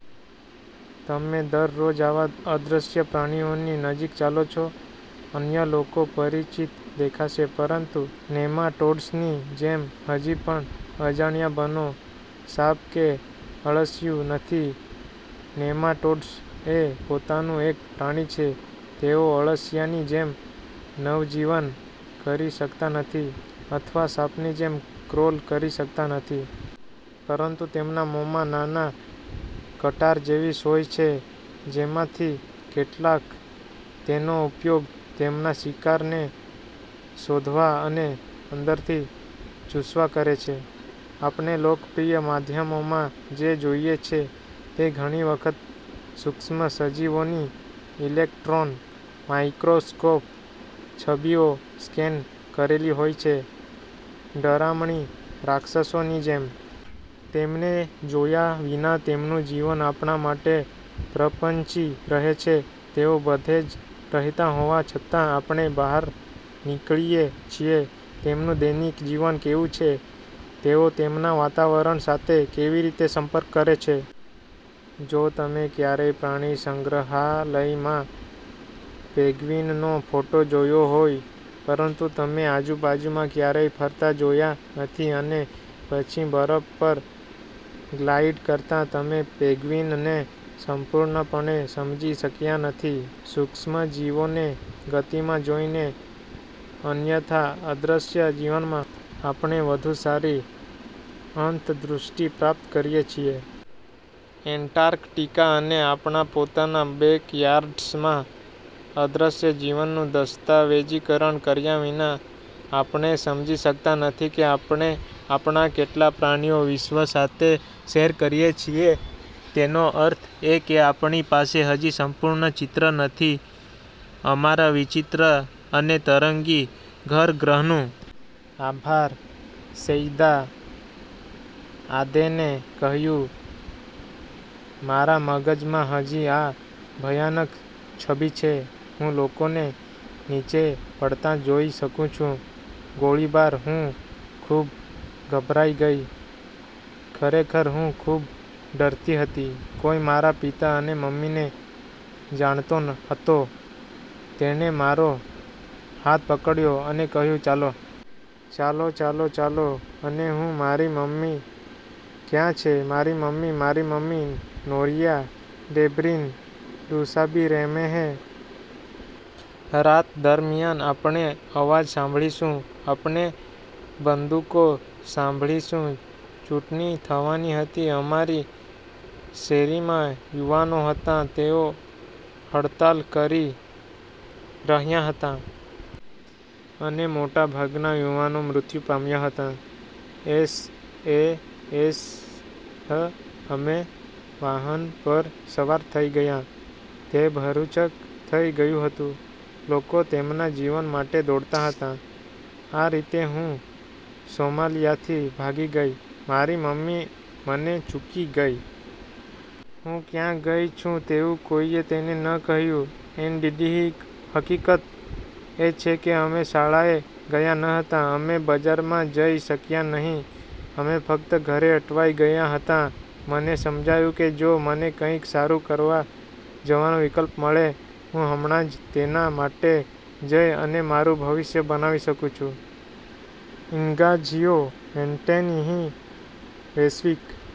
તમે દરરોજ આવા અદ્રશ્ય પ્રાણીઓની નજીક ચાલો છો. અન્ય લોકો પરિચિત દેખાશે, પરંતુ નેમાટોડ્સની જેમ, હજી પણ અજાણ્યા બનો. સાપ કે અળસિયું નથી, નેમાટોડ્સ એ પોતાનું એક પ્રાણી છે. તેઓ અળસિયાની જેમ નવજીવન કરી શકતા નથી અથવા સાપની જેમ ક્રોલ કરી શકતા નથી. પરંતુ તેમના મોંમાં નાના, કટાર જેવી સોય છે જેમાંથી કેટલાક તેનો ઉપયોગ તેમના શિકાર ને શોધવા અને અંદરથી ચૂસવા કરે છે. આપણે લોકપ્રિય માધ્યમોમાં જે જોઈએ છે તે ઘણી વખત સુક્ષ્મસજીવોની ઇલેક્ટ્રોન માઇક્રોસ્કોપ છબીઓ સ્કેન કરેલી હોય છે ડરામણી રાક્ષસો ની જેમ. તેમને જોયા વિના તેમનું જીવન આપણા માટે પ્રપંચી રહે છે તેઓ બધે જ રહેતા હોવા છતાં આપણે બહાર નીકળીએ છીએ. તેમનું દૈનિક જીવન કેવું છે? તેઓ તેમના વાતાવરણ સાથે કેવી રીતે સંપર્ક કરે છે? જો તમે ક્યારેય પ્રાણી સંગ્રહાલયમાં પેન્ગ્વીનનો ફોટો જોયો હોય, પરંતુ તમે આજુબાજુમાં ક્યારેય ફરતા જોયા નથી અને પછી બરફ પર ગ્લાઇડ કરતા, તમે પેન્ગ્વિનને સંપૂર્ણપણે સમજી શક્યા નથી. સૂક્ષ્મ જીવોને ગતિમાં જોઈને, અન્યથા અદૃશ્ય જીવનમાં આપણે વધુ સારી અંતદૃષ્ટિ પ્રાપ્ત કરીએ છીએ. એન્ટાર્કટિકા અને આપણા પોતાના બેકયાર્ડ્સમાં અદ્રશ્ય જીવનનું દસ્તાવેજીકરણ કર્યા વિના, આપણે સમજી શકતા નથી કે આપણે આપણા કેટલા પ્રાણીઓ વિશ્વ સાથે શેર કરીએ છીએ. તેનો અર્થ એ કે આપણી પાસે હજી સંપૂર્ણ ચિત્ર નથી અમારા વિચિત્ર અને તરંગી ઘર ગ્રહ નું. આભાર. સૈદા આદેને કહ્યું: મારા મગજમાં હજી આ ભયાનક છબી છે. હું લોકોને નીચે પડતા જોઈ શકુ છું, ગોળીબાર. હું ખૂબ ગભરાઈ ગઈ. ખરેખર, હું ખૂબ રડતી હતી. કોઈ મારા। પિતા અને મમ્મીને જાણતો હતો તેણે મારો હાથ પકડ્યો, અને કહ્યું, "ચાલો! ચાલો! ચાલો! ચાલો! " અને હું, "મારી મમ્મી ક્યાં છે? મારી મમ્મી? મારી મમ્મી? " નોરીઆ ડેમ્બ્રીન ડુસાબીરેમે: રાત દરમિયાન આપણે અવાજ સાંભળીશું, આપણે બંદૂકો સાંભળીશું. ચૂંટણી થવાની હતી. અમારી શેરીમાં યુવાનો હતા, તેઓ હડતાલ કરી રહ્યા હતા. અને મોટાભાગના યુવાનો મૃત્યુ પામ્યા હતા. એસ. એ. એસ.: અમે વાહન પર સવાર થઇ ગયા. તે ભરચક થઈ ગયું હતું. લોકો તેમના જીવન માટે દોડતા હતા. આ રીતે હું સોમાલિયાથી ભાગી ગઈ. મારી મમ્મી મને ચૂકી ગઈ. હું ક્યાં ગઈ છું તેવું કોઈએ તેને ન કહ્યું. એનડીડી: હકીકત એ છે કે અમે શાળાએ ગયા ન હતા, અમે બજારમાં જઈ શક્યા નહીં, અમે ફક્ત ઘરે અટવાઈ ગયા હતા મને સમજાયું કે જો મને કંઈક સારું કરવા જવાનો વિકલ્પ મળે, હું હમણાં જ તેના માટે જઈ અને સારું ભવિષ્ય બનાવી શકું છું. ઇગ્નાઝિઓ મેટ્ટેની: વૈશ્વિક